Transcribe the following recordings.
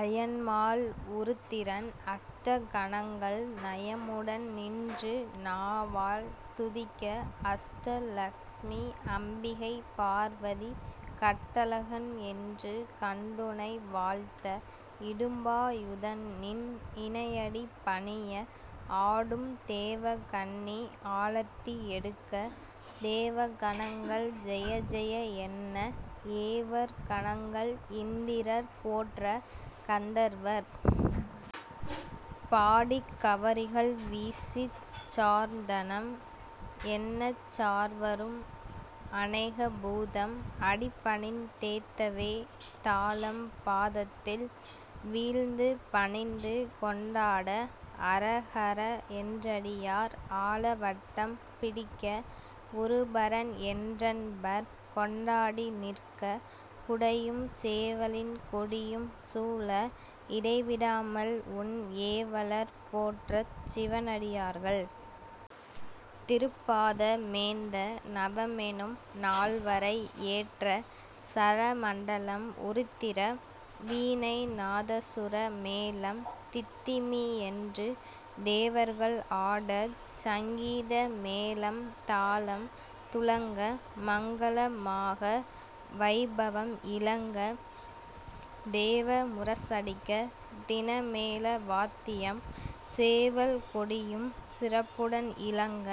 அயன்மால் உருத்திரன் அஷ்ட கணங்கள் நயமுடன் நின்று நாவால் துதிக்க அஷ்ட லஷ்மி அம்பிகை பார்வதி கட்டழகன் என்று கண்டுனை வாழ்த்த இடும்பா யுதன்நின் இணையடி பணிய ஆடும் தேவகன்னி ஆலத்தி எடுக்க தேவ கணங்கள் ஜெயஜெய என்ன ஏவற் கணங்கள் இந்திரர் போற்ற கந்தர்வர் பாடிக் கவரிகள் வீசிச் சார்ந்தனம் என்னச் சார்வரும் அநேக பூதம் அடிபணிந் தேத்தவே தாளம் பாதத்தில் வீழ்ந்து பணிந்து கொண்டாட அரகர என்றடியார் ஆலவட்டம் பிடிக்க குருபரன் என்றன்பர் கொண்டாடி நிற்க குடையும் சேவலின் கொடியும் சூழ இடை விடாமல் உன் ஏவலர் போற்றச் சிவனடியார்கள் திருப்பாத மேந்த நவமெனும் நால்வரை ஏற்ற சரமண்டலம் உருத்திர வீணை நாதசுர மேளம் தித்திமி என்று தேவர்கள் ஆடச் சங்கீத மேளம் தாளம் துலங்க மங்கள மாக வைபவம் இலங்க தேவ முரசடிக்கத் தினமேள வாத்தியம் சேவல் கொடியும் சிறப்புடன் இலங்க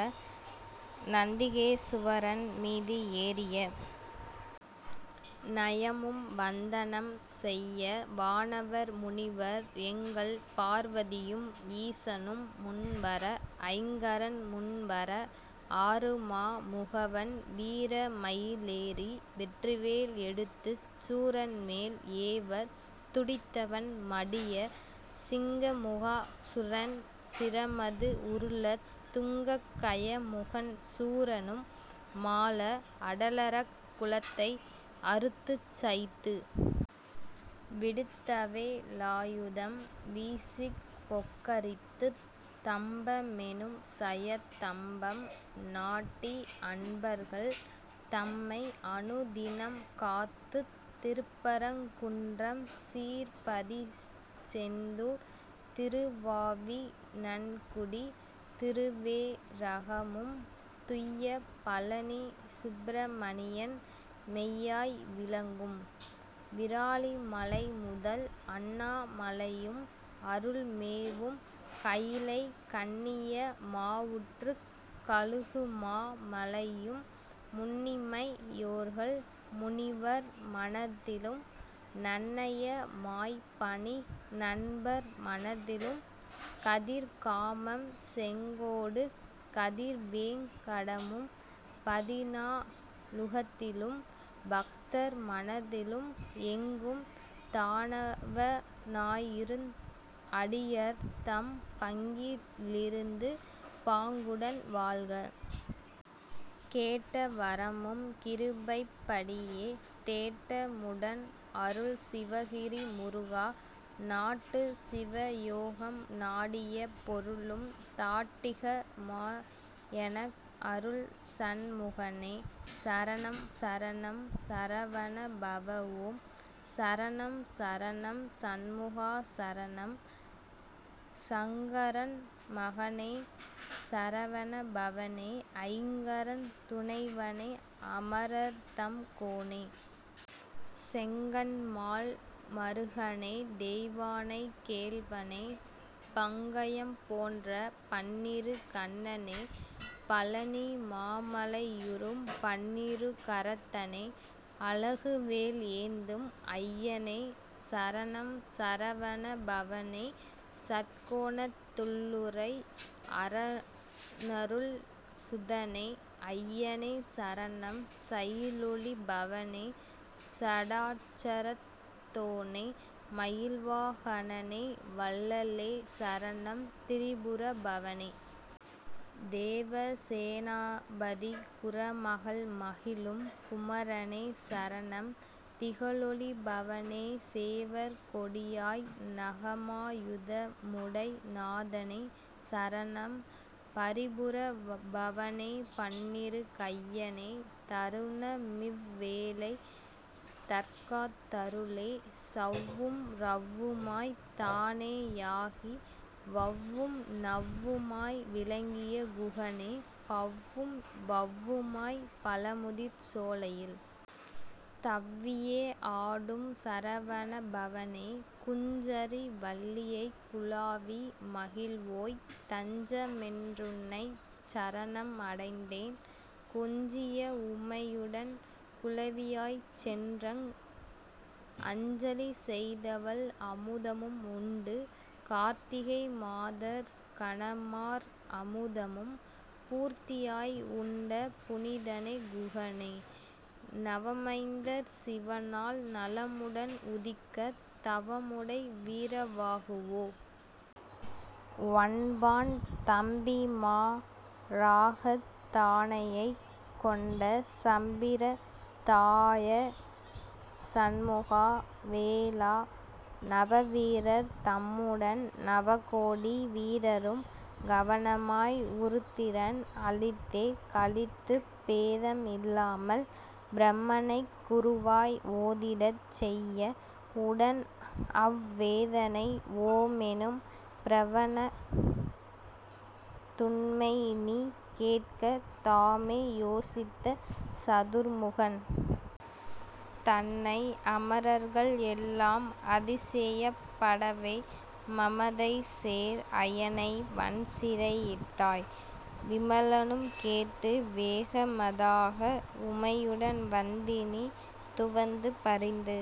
நந்திகே சுவரன்மீது ஏறிய நயமும் வந்தனம் செய்ய வானவர் முனிவர் எங்கள் பார்வதியும் ஈசனும் முன்வர ஐங்கரன் முன்வர ஆறுமா முகவன் வீரமயி லேறி வெற்றிவேல் எடுத்துச் சூரன்மேல் ஏவத் துடித்தவன் மடியச் சிங்கமுகா சுரன் சிரமது உருளத் துங்கக் கயமுகன் சூரனும் மாள அடலறக் குலத்தை அறுத்துச் சயித்து விடுத்தவே லாயுதம் வீசிக்கொக் கரித்துத் தம்ப மெனும் சயத் தம்பம் நாட்டி அன்பர்கள் தம்மை அனுதினம் காத்துத் திருப்பரங் குன்றம் சீர்பதி செந்தூர் திருவாவி நன்குடி திருவே ரகமும் துய்ய பழநி சுப்பிர மணியன் மெய்யாய் விளங்கும் விராலிமலைமுதல் அண்ணா மலையும் அருள்மேவும் கயிலை கண்ணிய மாவூற்றுக் கழுகுமா மலையும் முன்னிமை யோர்கள் முனிவர் மனத்திலும் நன்னய மாய்ப்பணி நண்பர் மனத்திலும் கதிர்காமம் செங்கோடு கதிர்வேங் கடமும் பதினா லுகத்திலும் பக்தர் மனத்திலும் எங்கும் தானவ னாயிருந் அடியர்தம் பங்கி லிருந்து பாங்குடன் வாழ்க! கேட்ட வரமும் கிருபைப் படியே தேட்ட முடன் அருள் சிவகிரி முருகா நாட்டு சிவயோகம் நாடிய பொருளும் தாட்டிக மாய்எனக் அருள்சண் முகனே சரணம் சரணம் சரவண பவஓம் சரணம் சரணம் சண்முகா சரணம் சஙகரன் மகனே சரவண பவனே ஐங்கரன் துணைவனே அமரர்தம் கோனே செங்கண்மால் மருகனே தெய்வானை கேள்வனே பங்கயம் போன்ற பன்னிரு கண்ணனே பழநி மாமலையுறும் பன்னிரு கரத்தனே அழகுவேல் ஏந்தும் ஐயனே சரணம் சரவணபவனே சட்கோணத் துள்ளுறை அரனருள் சுதனே அய்யனே சரணம் சயிலொளி பவனே சடாட்சரத் தோனே மயில்வா கனனே வள்ளலே சரணம் திரிபுர பவனே தேவசே னாபதி குறமகள் மகிழும் குமரனே சரணம் திகழொளி பவனே சேவற்கொடியாய் நகமா யுதமுடை நாதனே சரணம் பரிபுர பவனே பன்னிரு கையனே தருணமிவ் வேளை தற்காத் தருளே சவ்வும் ரவ்வுமாய்த் தானே யாகி வவ்வும் ணவ்வுமாய் விளங்கிய குகனே பவ்வும் வவ்வுமாய் பழமுதிர் சோலையில் தவ்வியே ஆடும் சரவணபவனே குஞ்சரி வள்ளியைக் குலாவி மகிழ்வோய் தஞ்ச மென்றுன்னைச் சரணம் அடைந்தேன் கொஞ்சிய உமையுடன் குழவியாய்ச் சென்றங் அஞ்சலி செய்தவள் அமுதமும் உண்டு கார்த்திகை மாதர் கனமார் அமுதமும் பூர்த்தியாய் உண்ட புனிதனே குகனே நவமைந்தர் சிவனால் நலமுடன் உதிக்கத் தவமுடை வீரவாகுவோ ஒன்பான் தம்பிமா ராகத் தானையைக் கொண்ட சம்பிர தாயா சண்முகா வேலா நவவீரர் தம்முடன் நவகோடி வீரரும் கவனமாய் உருத்திரன் அளித்தே களித்துப் பேதம் இல்லாமல் பிரமனைக் குருவாய் ஓதிடச் செய்ய உடன் அவ் வேதனை ஓமெனும் பிரவணத் துண்மைநீ கேட்க தாமே யோசித்த சதுர்முகன் தன்னை அமரர்கள் எல்லாம் அதிசயப் படவே மமதைசேர் அயனை வன்சிறை யிட்டாய் விமலனும் கேட்டு வேக மதாக உமையுடன் வந்தினி துவந்து பரிந்து